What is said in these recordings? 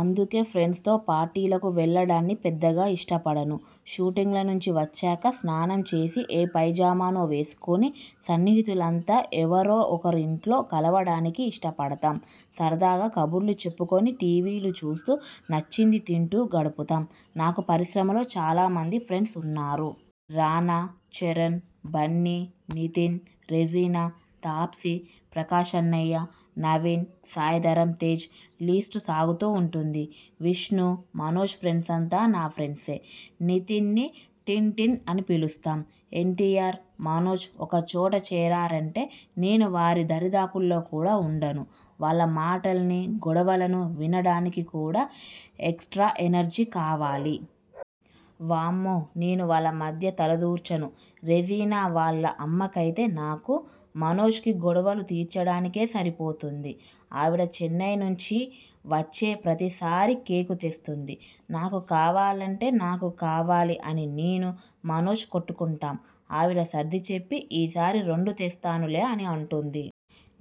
అందుకే ఫ్రెండ్స్తో పార్టీలకు వెళ్లడాన్ని పెద్దగా ఇష్టపడను. షూటింగులనుంచి వచ్చాక స్నానం చేసి ఏ పైజామానో వేసుకుని సన్నిహితులంతా ఎవరో ఒకరి ఇంట్లో కలవడానికి ఇష్టపడతాం. సరదాగా కబుర్లు చెప్పుకుని టీవీలు చూస్తూ, నచ్చింది తింటూ గడుపుతాం. నాకు పరిశ్రమలో చాలా మంది ఫ్రెండ్స్ ఉన్నారు. రానా, చరణ్, బన్ని, నితిన్, రెజీనా, తాప్సీ, ప్రకాశ్ అన్నయ్య, నవీన్, సాయిధరమ్తేజ్ లిస్టు సాగుతూ ఉంటుంది. విష్ణు, మనోజ్ ఫ్రెండ్సంతా నా ఫ్రెండ్సే. నితిన్ని టిన్టిన్ అని పిలుస్తాం. ఎన్టీఆర్, మనోజ్ ఒక చోట చేరారంటే నేను వారి దరిదాపుల్లో కూడా ఉండను. వాళ్ల మాటల్ని, గొడవలను వినడానికి కూడా ఎక్స్ట్రా ఎనర్జీ కావాలి. వామ్మో నేను వాళ్ల మధ్య తలదూర్చను. రెజీనా వాళ్ల అమ్మకైతే నాకు, మనోజ్కీ గొడవలు తీర్చడానికే సరిపోతుంది. ఆవిడ చెన్నై నుంచి వచ్చే ప్రతిసారీ కేకు తెస్తుంది. 'నాకు కావాలంటే నాకు కావాలి' అని నేను, మనోజ్ కొట్టుకుంటాం. ఆవిడ సర్దిచెప్పి 'ఈసారి రెండు తెస్తానులే' అని అంటుంది.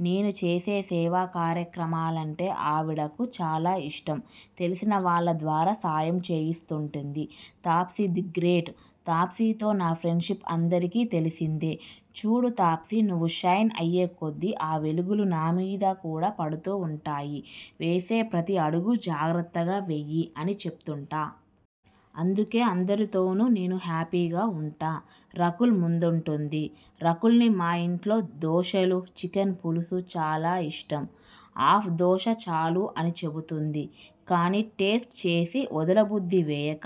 నేను చేసే సేవా కార్యక్రమాలంటే ఆవిడకి చాలా ఇష్టం. తెలిసిన వాళ్ల ద్వారా సాయంచేయిస్తుంటుంది. Taapsee the great! తాప్సీతో నా ఫ్రెండ్షిప్ అందరికీ తెలిసిందే. 'చూడు తాప్సీ నువ్వు షైన్ అయ్యేకొద్దీ ఆ వెలుగులు నామీద కూడా పడుతూ ఉంటాయి. వేసే ప్రతి అడుగూ జాగ్రత్తగా వెయ్యి' అని చెప్తుంటా. అందుకే అందరితోనూ నేను హ్యాపీగా ఉంటా. రకుల్ ముందుంటుంది! రకుల్కి మా ఇంట్లో దోశలు, చికెన్ పులుసు చాలా ఇష్టం. 'హాఫ్ దోశ చాలు ' అని చెబుతుంది. కానీ టేస్ట్ చేసి వదలబుద్ధి వేయక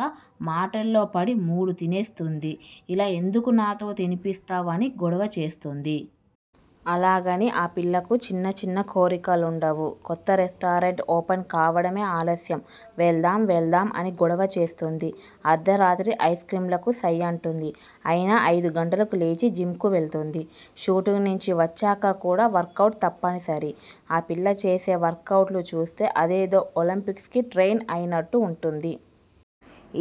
మాటల్లో పడి మూడు తినేస్తుంది. 'ఇలా ఎందుకు నాతో తినిపిస్తావ్' అని గొడవచేస్తుంది. అలాగని ఆ పిల్లకు చిన్న చిన్న కోరికలుండవు. కొత్త రెస్టారెంట్ ఓపెన్ కావడమే ఆలస్యం 'వెళ్దాం వెళ్దాం' అని గొడవ చేస్తుంది. అర్థరాత్రి ఐస్క్రీమ్లకు సై అంటుంది. అయినా ఐదు గంటలకు లేచి జిమ్కి వెళ్తుంది. షూటింగ్ నుంచి వచ్చాక కూడా వర్కవుట్ తప్పనిసరి. ఆ పిల్ల చేసే వర్కవుట్లు చూస్తే అదేదో ఒలింపిక్స్కి ట్రెయిన్ అయినట్టు ఉంటుంది.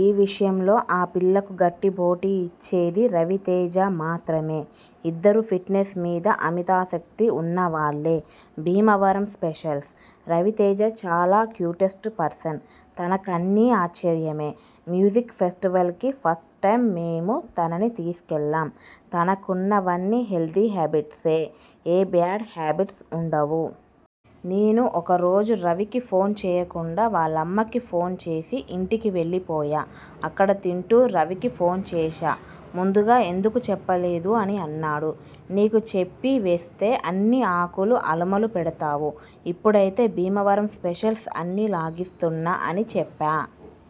ఈ విషయంలో ఆ పిల్లకు గట్టిపోటీ ఇచ్చేది రవితేజ మాత్రమే. ఇద్దరూ ఫిట్నెస్ మీద అమితాసక్తి ఉన్నవాళ్లే. భీమవరం స్పెషల్స్! రవితేజ చాలా క్యూటెస్ట్ పర్సన్. తనకన్నీ ఆశ్చర్యమే. మ్యూజిక్ ఫెస్టివల్కి ఫస్ట్టైమ్ మేమే తనని తీసుకెళ్లాం. తనకున్నవన్నీ హెల్దీ హ్యాబిట్సే. ఏ బ్యాడ్ హాబెట్స్ ఉండవు. నేను ఒక రోజు రవికి ఫోన్ చేయకుండా వాళ్లమ్మకి ఫోన్ చేసి ఇంటికి వెళ్లిపోయా. అక్కడ తింటూ రవికి ఫోన్ చేశా ముందుగా ఎందుకు చెప్పలేదు అని అన్నాడు. ' నీకు చెప్పి వేస్త అన్నీ ఆకులు అలములు పెడతావు. ఇప్పుడైతే భీమవరం స్పెషల్స్ అన్నీ లాగిస్తున్నా' అని చెప్పా.